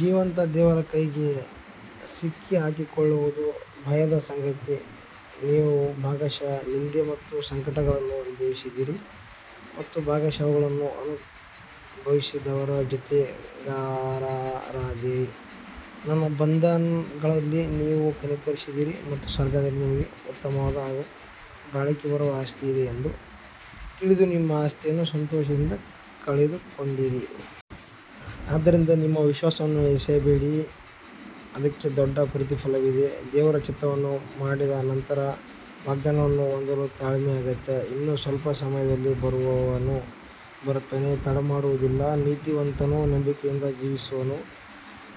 ಜೀವಂತ ದೇವರ ಕೈಗೆ ಸಿಕ್ಕಿಹಾಕಿಕೊಳ್ಳುವುದು ಭಯದ ಸಂಗತಿ. ನೀವು ಭಾಗಶಃ ನಿಂದೆ ಮತ್ತು ಸಂಕಟಗಳನ್ನು ಅನುಭವಿಸಿದಿರಿ ಮತ್ತು ಭಾಗಶಃ ಅವುಗಳನ್ನು ಅನುಭವಿಸಿದವರ ಜೊತೆಗಾರರಾದಿರಿ. ನನ್ನ ಬಂಧಗಳಲ್ಲಿ ನೀವು ಕನಿಕರಿಸಿದಿರಿ ಮತ್ತು ಸ್ವರ್ಗದಲ್ಲಿ ನಿಮಗೆ ಉತ್ತಮವಾದ ಹಾಗೂ ಬಾಳಿಕೆ ಬರುವ ಆಸ್ತಿಯಿದೆ ಎಂದು ತಿಳಿದು ನಿಮ್ಮ ಆಸ್ತಿಯನ್ನು ಸಂತೋಷದಿಂದ ಕಳೆದುಕೊಂಡಿರಿ. ಆದ್ದರಿಂದ ನಿಮ್ಮ ವಿಶ್ವಾಸವನ್ನು ಎಸೆಯಬೇಡಿ, ಅದಕ್ಕೆ ದೊಡ್ಡ ಪ್ರತಿಫಲವಿದೆ. ದೇವರ ಚಿತ್ತವನ್ನು ಮಾಡಿದ ನಂತರ ವಾಗ್ದಾನವನ್ನು ಹೊಂದಲು ತಾಳ್ಮೆ ಅಗತ್ಯ. ಇನ್ನೂ ಸ್ವಲ್ಪ ಸಮಯದಲ್ಲಿ ಬರುವವನು ಬರುತ್ತಾನೆ, ತಡಮಾಡುವುದಿಲ್ಲ. ನೀತಿವಂತನು ನಂಬಿಕೆಯಿಂದ ಜೀವಿಸುವನು,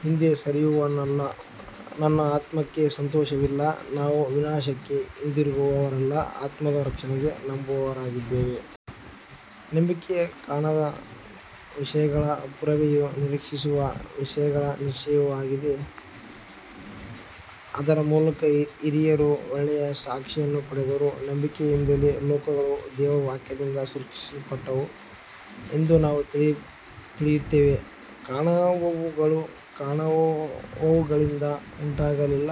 ಹಿಂದೆ ಸರಿಯುವವನಲ್ಲಿ ನನ್ನ ಆತ್ಮಕ್ಕೆ ಸಂತೋಷವಿಲ್ಲ. ನಾವು ವಿನಾಶಕ್ಕೆ ಹಿಂದಿರುಗುವವರಲ್ಲ, ಆತ್ಮದ ರಕ್ಷಣೆಗೆ ನಂಬುವವರಾಗಿದ್ದೇವೆ. ನಂಬಿಕೆಯು ಕಾಣದ ವಿಷಯಗಳ ಪುರಾವೆಯೂ ನಿರೀಕ್ಷಿಸುವ ವಿಷಯಗಳ ನಿಶ್ಚಯವೂ ಆಗಿದೆ. ಅದರ ಮೂಲಕ ಹಿರಿಯರು ಒಳ್ಳೆಯ ಸಾಕ್ಷಿಯನ್ನು ಪಡೆದರು. ನಂಬಿಕೆಯಿಂದಲೇ ಲೋಕಗಳು ದೇವರ ವಾಕ್ಯದಿಂದ ಸೃಷ್ಟಿಸಲ್ಪಟ್ಟವು ಎಂದು ನಾವು ತಿಳಿಯುತ್ತೇವೆ, ಕಾಣುವವುಗಳು ಕಾಣುವವುಗಳಿಂದ ಉಂಟಾಗಲಿಲ್ಲ.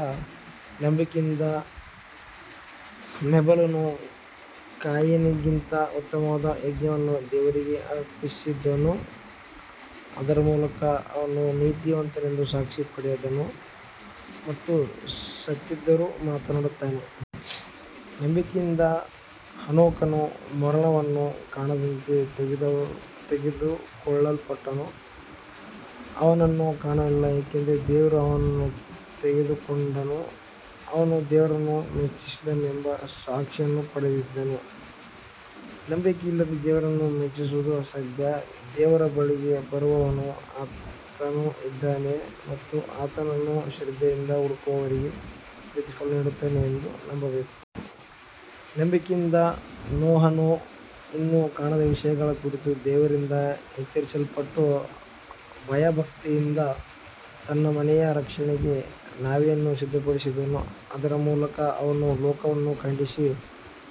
ನಂಬಿಕೆಯಿಂದ ಹೇಬೆಲನು ಕಾಯಿನನಿಗಿಂತ ಉತ್ತಮವಾದ ಯಜ್ಞವನ್ನು ದೇವರಿಗೆ ಅರ್ಪಿಸಿದನು. ಅದರ ಮೂಲಕ ಅವನು ನೀತಿವಂತನೆಂದು ಸಾಕ್ಷಿ ಪಡೆದನು ಮತ್ತು ಸತ್ತಿದ್ದರೂ ಮಾತನಾಡುತ್ತಾನೆ. ನಂಬಿಕೆಯಿಂದ ಹನೋಕನು ಮರಣವನ್ನು ಕಾಣದಂತೆ ತೆಗೆದುಕೊಳ್ಳಲ್ಪಟ್ಟನು. ಅವನನ್ನು ಕಾಣಲಿಲ್ಲ, ಏಕೆಂದರೆ ದೇವರು ಅವನನ್ನು ತೆಗೆದುಕೊಂಡನು. ಅವನು ದೇವರನ್ನು ಮೆಚ್ಚಿಸಿದನೆಂಬ ಸಾಕ್ಷಿಯನ್ನು ಪಡೆದಿದ್ದನು. ನಂಬಿಕೆಯಿಲ್ಲದೆ ದೇವರನ್ನು ಮೆಚ್ಚಿಸುವುದು ಅಸಾಧ್ಯ. ದೇವರ ಬಳಿಗೆ ಬರುವವನು ಆತನು ಇದ್ದಾನೆ ಮತ್ತು ಆತನನ್ನು ಶ್ರದ್ಧೆಯಿಂದ ಹುಡುಕುವವರಿಗೆ ಪ್ರತಿಫಲ ನೀಡುತ್ತಾನೆ ಎಂದು ನಂಬಬೇಕು. ನಂಬಿಕೆಯಿಂದ ನೋಹನು ಇನ್ನೂ ಕಾಣದ ವಿಷಯಗಳ ಕುರಿತು ದೇವರಿಂದ ಎಚ್ಚರಿಸಲ್ಪಟ್ಟು ಭಯಭಕ್ತಿಯಿಂದ ತನ್ನ ಮನೆಯ ರಕ್ಷಣೆಗೆ ನಾವೆಯನ್ನು ಸಿದ್ಧಪಡಿಸಿದನು. ಅದರ ಮೂಲಕ ಅವನು ಲೋಕವನ್ನು ಖಂಡಿಸಿ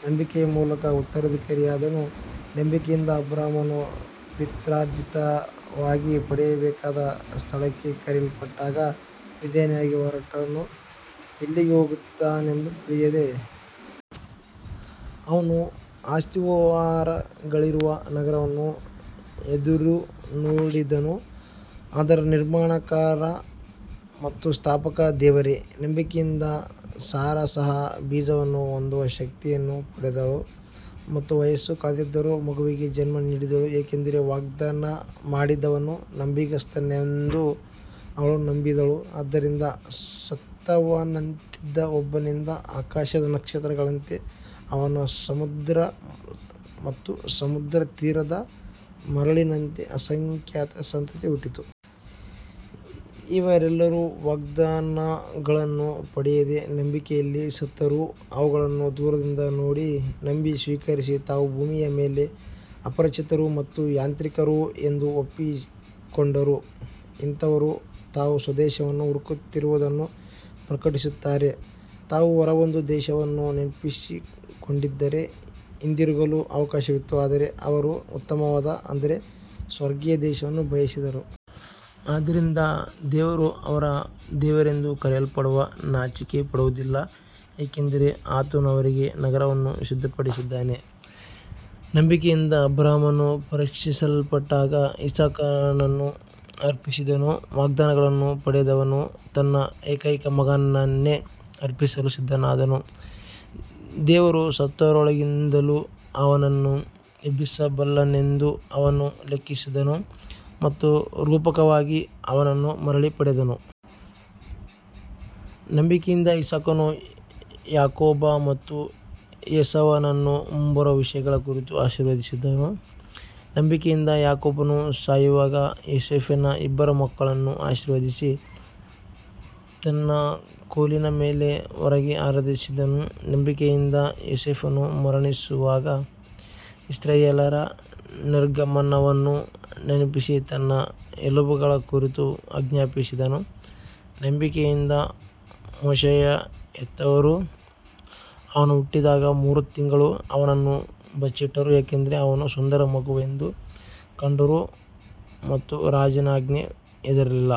ನಂಬಿಕೆಯ ಮೂಲಕ ನೀತಿಗೆ ಉತ್ತರಾಧಿಕಾರಿಯಾದನು. ನಂಬಿಕೆಯಿಂದ ಅಬ್ರಹಾಮನು ಪಿತ್ರಾರ್ಜಿತವಾಗಿ ಪಡೆಯಬೇಕಾದ ಸ್ಥಳಕ್ಕೆ ಕರೆಯಲ್ಪಟ್ಟಾಗ ವಿಧೇಯನಾಗಿ ಹೊರಟನು, ಎಲ್ಲಿಗೆ ಹೋಗುತ್ತಿದ್ದಾನೆಂದು ತಿಳಿಯದೆ. ಅವನು ಅಸ್ತಿವಾರಗಳಿರುವ ನಗರವನ್ನು ಎದುರುನೋಡಿದನು, ಅದರ ನಿರ್ಮಾಣಕಾರ ಮತ್ತು ಸ್ಥಾಪಕ ದೇವರೇ. ನಂಬಿಕೆಯಿಂದ ಸಾರಾ ಸಹ ಬೀಜವನ್ನು ಹೊಂದುವ ಶಕ್ತಿಯನ್ನು ಪಡೆದಳು ಮತ್ತು ವಯಸ್ಸು ಕಳೆದಿದ್ದರೂ ಮಗುವಿಗೆ ಜನ್ಮ ನೀಡಿದಳು, ಏಕೆಂದರೆ ವಾಗ್ದಾನ ಮಾಡಿದವನು ನಂಬಿಗಸ್ತನೆಂದು ಅವಳು ನಂಬಿದಳು. ಆದ್ದರಿಂದ ಸತ್ತವನಂತಿದ್ದ ಒಬ್ಬನಿಂದ ಆಕಾಶದ ನಕ್ಷತ್ರಗಳಂತೆ ಮತ್ತು ಸಮುದ್ರತೀರದ ಮರಳಿನಂತೆ ಅಸಂಖ್ಯಾತ ಸಂತತಿ ಹುಟ್ಟಿತು. ಇವರೆಲ್ಲರೂ ವಾಗ್ದಾನಗಳನ್ನು ಪಡೆಯದೆ ನಂಬಿಕೆಯಲ್ಲಿ ಸತ್ತರು. ಅವುಗಳನ್ನು ದೂರದಿಂದ ನೋಡಿ, ನಂಬಿ, ಸ್ವೀಕರಿಸಿ, ತಾವು ಭೂಮಿಯ ಮೇಲೆ ಅಪರಿಚಿತರು ಮತ್ತು ಯಾತ್ರಿಕರು ಎಂದು ಒಪ್ಪಿಕೊಂಡರು. ಇಂಥವರು ತಾವು ಸ್ವದೇಶವನ್ನು ಹುಡುಕುತ್ತಿರುವುದನ್ನು ಪ್ರಕಟಿಸುತ್ತಾರೆ. ತಾವು ಹೊರಬಂದ ದೇಶವನ್ನು ನೆನಪಿಸಿಕೊಂಡಿದ್ದರೆ ಹಿಂದಿರುಗಲು ಅವಕಾಶವಿತ್ತು. ಆದರೆ ಅವರು ಉತ್ತಮವಾದ, ಅಂದರೆ ಸ್ವರ್ಗೀಯ ದೇಶವನ್ನು ಬಯಸಿದರು. ಆದ್ದರಿಂದ ದೇವರು ಅವರ ದೇವರೆಂದು ಕರೆಯಲ್ಪಡಲು ನಾಚಿಕೆಪಡುವುದಿಲ್ಲ, ಏಕೆಂದರೆ ಆತನು ಅವರಿಗೆ ನಗರವನ್ನು ಸಿದ್ಧಪಡಿಸಿದ್ದಾನೆ. ನಂಬಿಕೆಯಿಂದ ಅಬ್ರಹಾಮನು ಪರೀಕ್ಷಿಸಲ್ಪಟ್ಟಾಗ ಇಸಾಕನನ್ನು ಅರ್ಪಿಸಿದನು. ವಾಗ್ದಾನಗಳನ್ನು ಪಡೆದವನು ತನ್ನ ಏಕೈಕ ಮಗನನ್ನೇ ಅರ್ಪಿಸಲು ಸಿದ್ಧನಾದನು. ದೇವರು ಸತ್ತವರೊಳಗಿಂದಲೂ ಅವನನ್ನು ಎಬ್ಬಿಸಬಲ್ಲನೆಂದು ಅವನು ಲೆಕ್ಕಿಸಿದನು ಮತ್ತು ರೂಪಕವಾಗಿ ಅವನನ್ನು ಮರಳಿ ಪಡೆದನು. ನಂಬಿಕೆಯಿಂದ ಇಸಾಕನು ಯಾಕೋಬ ಮತ್ತು ಏಸಾವನ್ನು ಮುಂಬರುವ ವಿಷಯಗಳ ಕುರಿತು ಆಶೀರ್ವದಿಸಿದನು. ನಂಬಿಕೆಯಿಂದ ಯಾಕೋಬನು ಸಾಯುವಾಗ ಯೋಸೇಫನ ಇಬ್ಬರು ಮಕ್ಕಳನ್ನು ಆಶೀರ್ವದಿಸಿ ತನ್ನ ಕೋಲಿನ ಮೇಲೆ ಒರಗಿ ಆರಾಧಿಸಿದನು. ನಂಬಿಕೆಯಿಂದ ಯೋಸೇಫನು ಮರಣಿಸುವಾಗ ಇಸ್ರಾಯೇಲ್ಯರ ನಿರ್ಗಮನವನ್ನು ನೆನಪಿಸಿ ತನ್ನ ಎಲುಬುಗಳ ಕುರಿತು ಆಜ್ಞಾಪಿಸಿದನು. ನಂಬಿಕೆಯಿಂದ ಮೋಶೆಯ ಹೆತ್ತವರು ಅವನು ಹುಟ್ಟಿದಾಗ ಮೂರು ತಿಂಗಳು ಅವನನ್ನು ಬಚ್ಚಿಟ್ಟರು, ಏಕೆಂದರೆ ಅವನು ಸುಂದರ ಮಗುವೆಂದು ಕಂಡರು ಮತ್ತು ರಾಜನ ಆಜ್ಞೆಗೆ ಹೆದರಲಿಲ್ಲ.